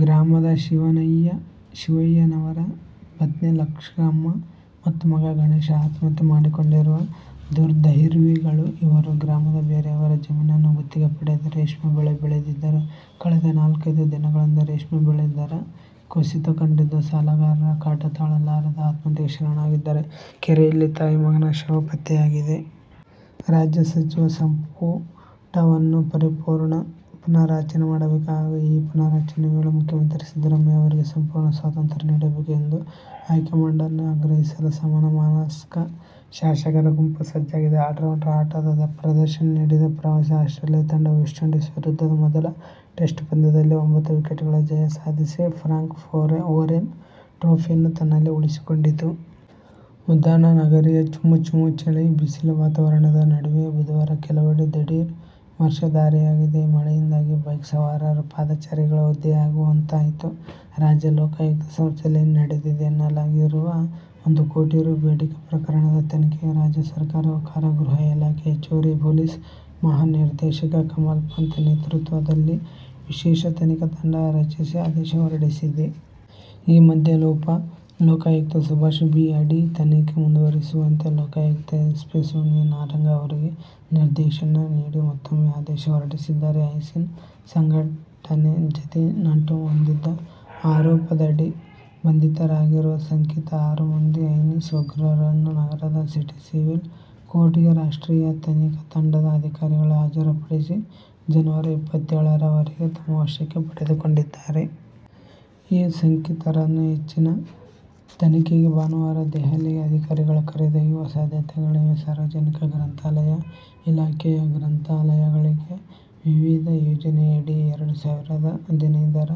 ಗ್ರಾಮದ ಶಿವಯ್ಯನವರ ಪತ್ನಿ ಲಕ್ಷ್ಮಮ್ಮ ಮತ್ತು ಮಗ ಗಣೇಶ ಆತ್ಮಹತ್ಯೆ ಮಾಡಿಕೊಂಡಿರುವ ದುರ್ದೈವಿಗಳು. ಇವರು ಗ್ರಾಮದ ಬೇರೆಯವರ ಜಮೀನನ್ನು ಗುತ್ತಿಗೆ ಪಡೆದು ರೇಷ್ಮೆ ಬೆಳೆ ಬೆಳೆದಿದ್ದರು. ಕಳೆದ ನಾಲ್ಕೈದು ದಿನಗಳಿಂದ ರೇಷ್ಮೆ ಬೆಳೆ ದರ ಕುಸಿತ ಕಂಡಿದ್ದು, ಸಾಲಗಾರರ ಕಾಟ ತಾಳಲಾರದೆ ಆತ್ಮಹತ್ಯೆಗೆ ಶರಣಾಗಿದ್ದಾರೆ. ಕೆರೆಯಲ್ಲಿ ತಾಯಿ, ಮಗನ ಶವ ಪತ್ತೆಯಾಗಿದೆ. ರಾಜ್ಯ ಸಚಿವ ಸಂಪು ಟವನ್ನು ಪರಿಪೂರ್ಣ ಪುನಾರಚನೆ ಮಾಡಬೇಕು ಹಾಗೂ ಈ ಪುನಾರಚನೆ ವೇಳೆ ಮುಖ್ಯ ಮಂತ್ರಿ ಸಿದ್ದರಾಮಯ್ಯ ಅವರಿಗೆ ಸಂಪೂರ್ಣ ಸ್ವಾತಂತ್ರ್ಯ ನೀಡಬೇಕು ಎಂದು ಹೈಕಮಾಂಡನ್ನು ಆಗ್ರಹಿಸಲು ಸಮಾನ ಮನಸ್ಕ ಶಾಸಕರ ಗುಂಪು ಸಜ್ಜಾಗಿದೆ. ಆಲ್ರೌಂಡ್ ಆಟದ ಪ್ರದರ್ಶನ ನೀಡಿದ ಪ್ರವಾಸಿ ಆಸ್ಟ್ರೇಲಿಯ ತಂಡವು ವೆಸ್ಟ್ಇಂಡೀಸ್ ವಿರುದ್ಧದ ಮೊದಲ ಟೆಸ್ಟ್ ಪಂದ್ಯದಲ್ಲಿ ಒಂಬತ್ತು ವಿಕೆಟ್ಗಳ ಜಯ ಸಾಧಿಸಿ ಫ್ರ್ಯಾಂಕ್ ವೊರೆಲ್ ಟ್ರೋಫಿಯನ್ನು ತನ್ನಲ್ಲಿ ಉಳಿಸಿಕೊಂಡಿತು. ಉದ್ಯಾನನಗರಿಯ ಚುಮು, ಚುಮು ಚಳಿ, ಬಿಸಿಲ ವಾತಾವರಣದ ನಡುವೆಯೇ ಬುಧವಾರ ಕೆಲವೆಡೆ ದಿಢೀರ್ ವರ್ಷಧಾರೆಯಾಗಿದೆ. ಮಳೆಯಿಂದಾಗಿ ಬೈಕ್ ಸವಾರರು, ಪಾದಚಾರಿಗಳು ಒದ್ದೆಯಾಗುವಂತಾಯಿತು. ರಾಜ್ಯ ಲೋಕಾಯುಕ್ತ ಸಂಸ್ಥೆಯಲ್ಲಿ ನಡೆದಿದೆ ಎನ್ನಲಾಗಿ ರುವ ಒಂದು ಕೋಟಿ ರೂ. ಬೇಡಿಕೆ ಪ್ರಕರಣದ ತನಿಖೆಗೆ ರಾಜ್ಯ ಸರಕಾರವು ಕಾರಾಗೃಹ ಇಲಾಖೆ ಹೆಚ್ಚುವರಿ ಪೊಲೀಸ್ ಮಹಾ ನಿರ್ದೇಶಕ ಕಮಲ್ ಪಂತ್ ನೇತೃತ್ವದಲ್ಲಿ ವಿಶೇಷ ತನಿಖಾ ತಂಡ ರಚಿಸಿ ಆದೇಶ ಹೊರಡಿಸಿದೆ. ಈ ಮಧ್ಯೆ, ಉಪಲೋಕಾಯುಕ್ತ ಸುಭಾಷ್ ಬಿ. ಅಡಿ ತನಿಖೆ ಮುಂದುವರಿಸುವಂತೆ ಲೋಕಾಯುಕ್ತ ಎಸ್ಪಿ ಸೋನಿಯಾ ನಾರಂಗ್ ಅವರಿಗೆ ನಿರ್ದೇಶನ ನೀಡಿ ಮತ್ತೂಮ್ಮೆ ಆದೇಶ ಹೊರಡಿಸಿದ್ದಾರೆ. ಐಸಿಸ್ ಸಂಘಟನೆ ಜತೆ ನಂಟು ಹೊಂದಿದ ಆರೋಪದಡಿ ಬಂಧಿತರಾಗಿರುವ ಶಂಕಿತ ಆರು ಮಂದಿ ಐಸಿಸ್ ಉಗ್ರರನ್ನು ನಗರದ ಸಿಟಿ ಸಿವಿಲ್ ಕೋರ್ಟ್ಗೆ ರಾಷ್ಟ್ರೀಯ ತನಿಖಾ ತಂಡದ ಅಧಿಕಾರಿಗಳು ಹಾಜರುಪಡಿಸಿ, ಜನವರಿ ಇಪ್ಪತ್ತೇಳರವರೆಗೆ ತಮ್ಮ ವಶಕ್ಕೆ ಪಡೆದುಕೊಂಡಿದ್ದಾರೆ. ಈ ಶಂಕಿತರನ್ನು ಹೆಚ್ಚಿನ ತನಿಖೆಗೆ ಭಾನುವಾರ ದೆಹಲಿಗೆ ಅಧಿಕಾರಿಗಳು ಕರೆದೊಯ್ಯುವ ಸಾಧ್ಯತೆಗಳಿವೆ. ಸಾರ್ವಜನಿಕ ಗ್ರಂಥಾಲಯ ಇಲಾಖೆಯ ಗ್ರಂಥಾಲಯಗಳಿಗೆ ವಿವಿಧ ಯೋಜನೆಯಡಿ ಎರಡು ಸಾವಿರದ ಹದಿನೈದರ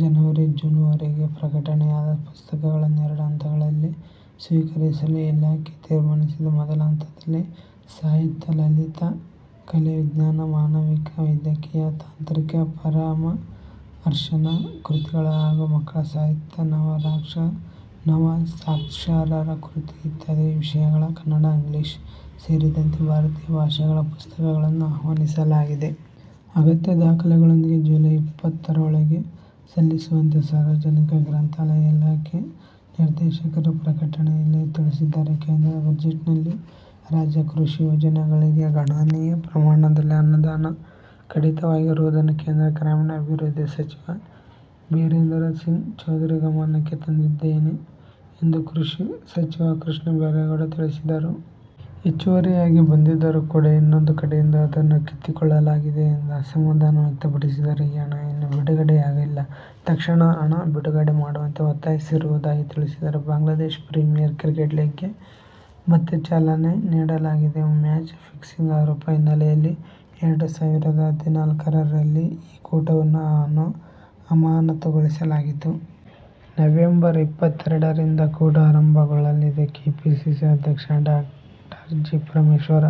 ಜನವರಿ-ಜೂನ್ವರೆಗೆ ಪ್ರಕಟಣೆಯಾದ ಪುಸ್ತಕಗಳನ್ನು ಎರಡು ಹಂತಗಳಲ್ಲಿ ಸ್ವೀಕರಿಸಲು ಇಲಾಖೆ ತೀರ್ಮಾನಿಸಿದೆ. ಮೊದಲ ಹಂತದಲ್ಲಿ ಸಾಹಿತ್ಯ, ಲಲಿತಕಲೆ, ವಿಜ್ಞಾನ, ಮಾನವಿಕ, ವೈದ್ಯಕೀಯ, ತಾಂತ್ರಿಕ, ಪರಾಮರ್ಶನ ಕೃತಿಗಳು ಹಾಗೂ ಮಕ್ಕಳ ಸಾಹಿತ್ಯ, ನವಸಾಕ್ಷರರ ಕೃತಿ ಇತ್ಯಾದಿ ವಿಷಯಗಳ ಕನ್ನಡ, ಇಂಗ್ಲಿಷ್ ಸೇರಿದಂತೆ ಭಾರತೀಯ ಭಾಷೆಗಳ ಪುಸ್ತಕಗಳನ್ನು ಆಹ್ವಾನಿಸಲಾಗಿದೆ. ಅಗತ್ಯ ದಾಖಲೆಗಳೊಂದಿಗೆ ಜುಲೈ ಇಪ್ಪತ್ತರೊಳಗೆ ಸಲ್ಲಿಸುವಂತೆ ಸಾರ್ವಜನಿಕ ಗ್ರಂಥಾಲಯ ಇಲಾಖೆ ನಿರ್ದೇಶಕರು ಪ್ರಕಟಣೆಯಲ್ಲಿ ತಿಳಿಸಿದ್ದಾರೆ. ಕೇಂದ್ರ ಬಜೆಟ್ನಲ್ಲಿ ರಾಜ್ಯ ಕೃಷಿ ಯೋಜನೆಗಳಿಗೆ ಗಣನೀಯ ಪ್ರಮಾಣದಲ್ಲಿ ಅನುದಾನ ಕಡಿತವಾಗಿರುವುದನ್ನು ಕೇಂದ್ರ ಗ್ರಾಮೀಣಾಭಿವೃದ್ಧಿ ಸಚಿವ ಬಿರೇಂದ್ರ ಸಿಂಗ್ ಚೌಧರಿ ಗಮನಕ್ಕೆ ತಂದಿದ್ದೇನೆ ಎಂದು ಕೃಷಿ ಸಚಿವ ಕೃಷ್ಣ ಬೈರೇಗೌಡ ತಿಳಿಸಿದರು. ಹೆಚ್ಚುವರಿಯಾಗಿ ಬಂದಿದ್ದರೂ ಕೂಡ ಇನ್ನೊಂದು ಕಡೆಯಿಂದ ಅದನ್ನು ಕಿತ್ತುಕೊಳ್ಳಲಾಗಿದೆ ಎಂದು ಅಸಮಾಧಾನ ವ್ಯಕ್ತಪಡಿಸಿದರು. ಈ ಹಣ ಇನ್ನೂ ಬಿಡುಗಡೆಯಾಗಿಲ್ಲ. ತಕ್ಷಣ ಹಣ ಬಿಡುಗಡೆ ಮಾಡುವಂತೆ ಒತ್ತಾಯಿಸಿರುವುದಾಗಿ ತಿಳಿಸಿದರು. ಬಾಂಗ್ಲಾದೇಶ ಪ್ರೀಮಿಯರ್ ಕ್ರಿಕೆಟ್ ಲೀಗ್ಗೆ ಮತ್ತೆ ಚಾಲನೆ ನೀಡಲಾಗಿದೆ. ಮ್ಯಾಚ್ ಫಿಕ್ಸಿಂಗ್ ಆರೋಪ ಹಿನ್ನೆಲೆಯಲ್ಲಿ ಎರಡು ಸಾವಿರದ ಹದಿನಾಲ್ಕರಲ್ಲಿ ಈ ಕೂಟವನ್ನು ಅಮಾನತುಗೊಳಿಸಲಾಗಿತ್ತು. ನವೆಂಬರ್ ಇಪ್ಪತ್ತೆರಡರಿಂದ ಕೂಟ ಆರಂಭಗೊಳ್ಳಲಿದೆ. ಕೆಪಿಸಿಸಿ ಅಧ್ಯಕ್ಷ ಡಾ ಜಿ. ಪರಮೇಶ್ವರ್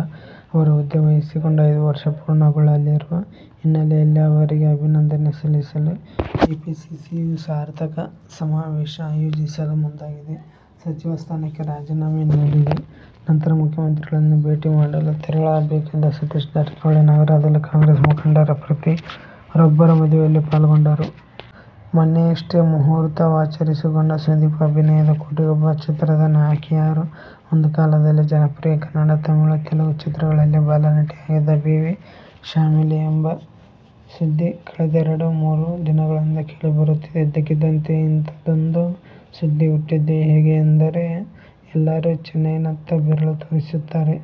ಅವರು ಹುದ್ದೆ ವಹಿಸಿಕೊಂಡು ಐದು ವರ್ಷ ಪೂರ್ಣಗೊಳ್ಳಲಿರುವ ಹಿನ್ನೆಲೆಯಲ್ಲಿ ಅವರಿಗೆ ಅಭಿನಂದನೆ ಸಲ್ಲಿಸಲು ಕೆಪಿಸಿಸಿಯು ಸಾರ್ಥಕ ಸಮಾವೇಶ ಆಯೋಜಿಸಲು ಮುಂದಾಗಿದೆ. ಸಚಿವ ಸ್ಥಾನಕ್ಕೆ ರಾಜೀನಾಮೆ ನೀಡಿದ ನಂತರ ಮುಖ್ಯಮಂತ್ರಿಗಳನ್ನು ಭೇಟಿ ಮಾಡಲು ತೆರಳಬೇಕಿದ್ದ ಸತೀಶ ಜಾರಕಿಹೊಳಿ ನಗರದಲ್ಲಿ ಕಾಂಗ್ರೆಸ್ ಮುಖಂಡರ ಪತ್ರರೊಬ್ಬರ ಮದುವೆಯಲ್ಲಿ ಪಾಲ್ಗೊಂಡರು. ಮೊನ್ನೆಯಷ್ಟೇ ಮುಹೂರ್ತ ವಾಚರಿಸಿಕೊಂಡ ಸುದೀಪ್ ಅಭಿನಯದ "ಕೋಟಿಗೊಬ್ಬ' ಚಿತ್ರದ ನಾಯಕಿ ಯಾರು? ಒಂದು ಕಾಲದಲ್ಲಿ ಜನಪ್ರಿಯ ಕನ್ನಡ, ತಮಿಳು, ತೆಲುಗು ಚಿತ್ರಗಳಲ್ಲಿ ಬಾಲನಟಿಯಾಗಿದ್ದ ಬೇಬಿ ಶ್ಯಾಮಿಲಿ ಎಂಬ ಸುದ್ದಿ ಕಳೆದೆರೆಡು ಮೂರು ದಿನಗಳಿಂದ ಕೇಳಿ ಬರುತ್ತಿದೆ. ಇದಕ್ಕಿದ್ದಂತೆ ಇಂಥದ್ದೊಂದು ಸುದ್ದಿ ಹುಟ್ಟಿದ್ದು ಹೇಗೆ ಎಂದರೆ ಎಲ್ಲರೂ ಚೆನ್ನೈನತ್ತ ಬೆರಳು ತೋರಿಸುತ್ತಾರೆ.